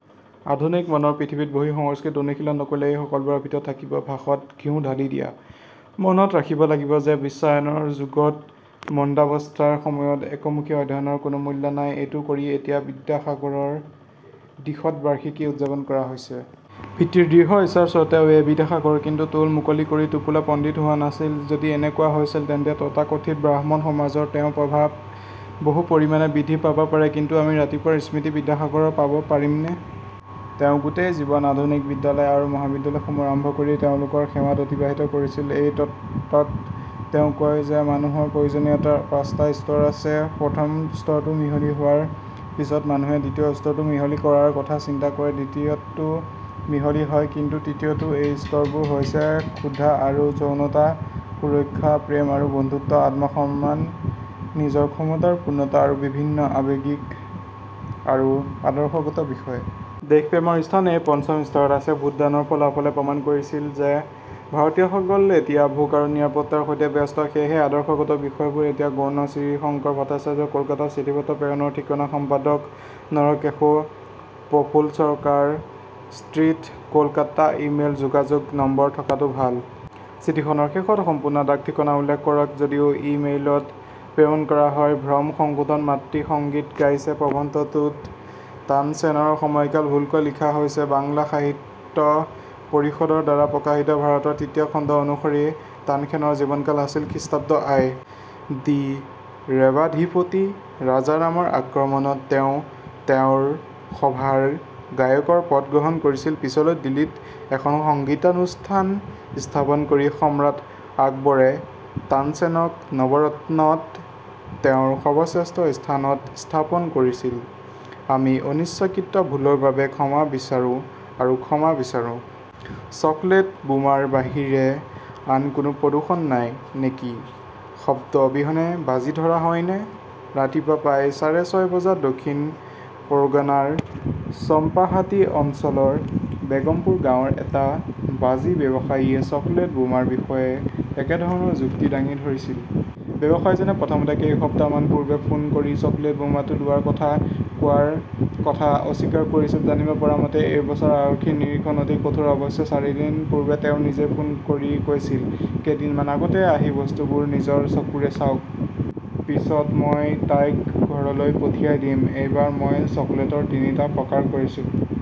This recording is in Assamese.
আধুনিক মনৰ পৃথিৱীত বহি সংস্কৃত অনুশীলন নকৰিলে এই সকলোবোৰৰ ভিতৰত থাকিব ভাসত ঘিউ ঢালি দিয়া। মনত ৰাখিব লাগিব যে বিশ্বায়নৰ যুগত মন্দাৱস্থাৰ সময়ত একমুখী অধ্যয়নৰ কোনো মূল্য নাই। এইটো কৰি এতিয়া বিদ্যাসাগৰৰ দ্বিশতবাৰ্ষিকী উদযাপন কৰা হৈছে। পিতৃৰ দৃঢ় ইচ্ছাৰ স্বত্বেও, এই বিদ্যাসাগৰ কিন্তু টোল মুকলি কৰি টোলো পণ্ডিত হোৱা নাছিল। যদি এনেকুৱা হৈছিল, তেন্তে তথাকথিত ব্ৰাহ্মণ সমাজত তেওঁৰ প্ৰভাৱ বহু পৰিমাণে বৃদ্ধি পাব পাৰে। কিন্তু আমি ৰাতিপুৱাৰ স্মৃতি বিদ্যাসাগৰ পাব পাৰিমনে? তেওঁ গোটেই জীৱন আধুনিক বিদ্যালয় আৰু মহাবিদ্যালয়সমূহ আৰম্ভ কৰি তেওঁলোকৰ সেৱাত অতিবাহিত কৰিছিল। এই তত্ত্বত তেওঁ কয় যে মানুহৰ প্ৰয়োজনীয়তাৰ পাঁচটা স্তৰ আছে, প্ৰথম স্তৰটো মিহলি হোৱাৰ পিছত মানুহে দ্বিতীয় স্তৰটো মিহলি কৰাৰ কথা চিন্তা কৰে, দ্বিতীয়টো মিহলি হয় কিন্তু তৃতীয়টোএই স্তৰবোৰ হৈছে- ক্ষুধা আৰু যৌনতা, সুৰক্ষা, প্ৰেম আৰু বন্ধুত্ব, আত্মসন্মান, নিজৰ ক্ষমতাৰ পূৰ্ণতা আৰু বিভিন্ন আৱেগিক আৰু আদৰ্শগত বিষয়। দেশ প্ৰেমৰ স্থান এই পঞ্চম স্তৰত আছে। ভোটদানৰ ফলাফলে প্ৰমাণ কৰিছিল যে ভাৰতীয়সকল এতিয়া ভোক আৰু নিৰাপত্তাৰ সৈতে ব্যস্ত, সেয়েহে আদৰ্শগত বিষয়বোৰ এতিয়া গৌণ। শ্ৰীশংকৰ ভট্টাচাৰ্যই কলকাতা- চিঠিপত্ৰ প্ৰেৰণৰ ঠিকনা সম্পাদক নৰকেশু, প্ৰফুল চৰকাৰ ষ্ট্ৰীট, কলকাতা ই-মেইল যোগাযোগ নম্বৰ থকাটো ভাল। চিঠিখনৰ শেষত সম্পূৰ্ণ ডাক-ঠিকনা উল্লেখ কৰক, যদিও ই-মেইলত প্ৰেৰণ কৰা হয়। ভ্ৰম সংশোধন 'মাতৃ সংগীত গাইছে' প্ৰবন্ধটোত তানচেনৰ সময়কাল ভুলকৈ লিখা হৈছে। বাংলা সাহিত্য পৰিষদৰ দ্বাৰা প্ৰকাশিত ভাৰতৰ তৃতীয় খণ্ড অনুসৰি তানসেনৰ জীৱনকাল আছিল খ্ৰীষ্টাব্দ আই. ডি. ৰেৱাধিপতি ৰাজাৰামৰ আমন্ত্ৰণত তেওঁ - তেওঁৰ সভাৰ গায়কৰ পদ গ্ৰহণ কৰিছিল। পিছলৈ দিল্লীত এখন সংগীতানুষ্ঠান স্থাপন কৰি সম্ৰাট আকবৰে তাঞ্চেনক নৱৰত্নত তেওঁৰ সৰ্বশ্ৰেষ্ঠ স্থানত স্থাপন কৰিছিল। আমি অনিচ্ছাকৃত ভুলৰ বাবে ক্ষমা বিচাৰো আৰু ক্ষমা বিচাৰো। চকলেট বোমাৰ বাহিৰে আন কোনো প্ৰদূষণ নাই নেকি? শব্দ অবিহনে বাজি ধৰা হয়নে? ৰাতিপুৱা প্ৰায় চাঢ়ে ছয় বজাত দক্ষিণ পৰ্গনাৰ চম্পাহাটি অঞ্চলৰ বেগমপুৰ গাঁৱৰ এটা বাজি ব্যৱসায়ীয়ে চকলেট বোমাৰ বিষয়ে একেধৰণৰ যুক্তি দাঙি ধৰিছিল। ব্যৱসায়ীজনে প্ৰথমতে কেইসপ্তাহমান পূৰ্বে ফোন কৰি চকলেট বোমাটো লোৱাৰ কথা কোৱাৰ কথা অস্বীকাৰ কৰিছিল। জানিব পৰা মতে, এই বছৰ আৰক্ষীৰ নিৰীক্ষণ অতি কঠোৰ। অৱশ্যে চাৰিদিন পূৰ্বে তেওঁ নিজেই ফোন কৰি কৈছিল, কেইদিনমান আগতে আহি বস্তুবোৰ নিজৰ চকুৰে চাওক। পিছত মই তাইক ঘৰলৈ পঠিয়াই দিম। এইবাৰ মই চকলেটৰ তিনিটা প্ৰকাৰ কৰিছো।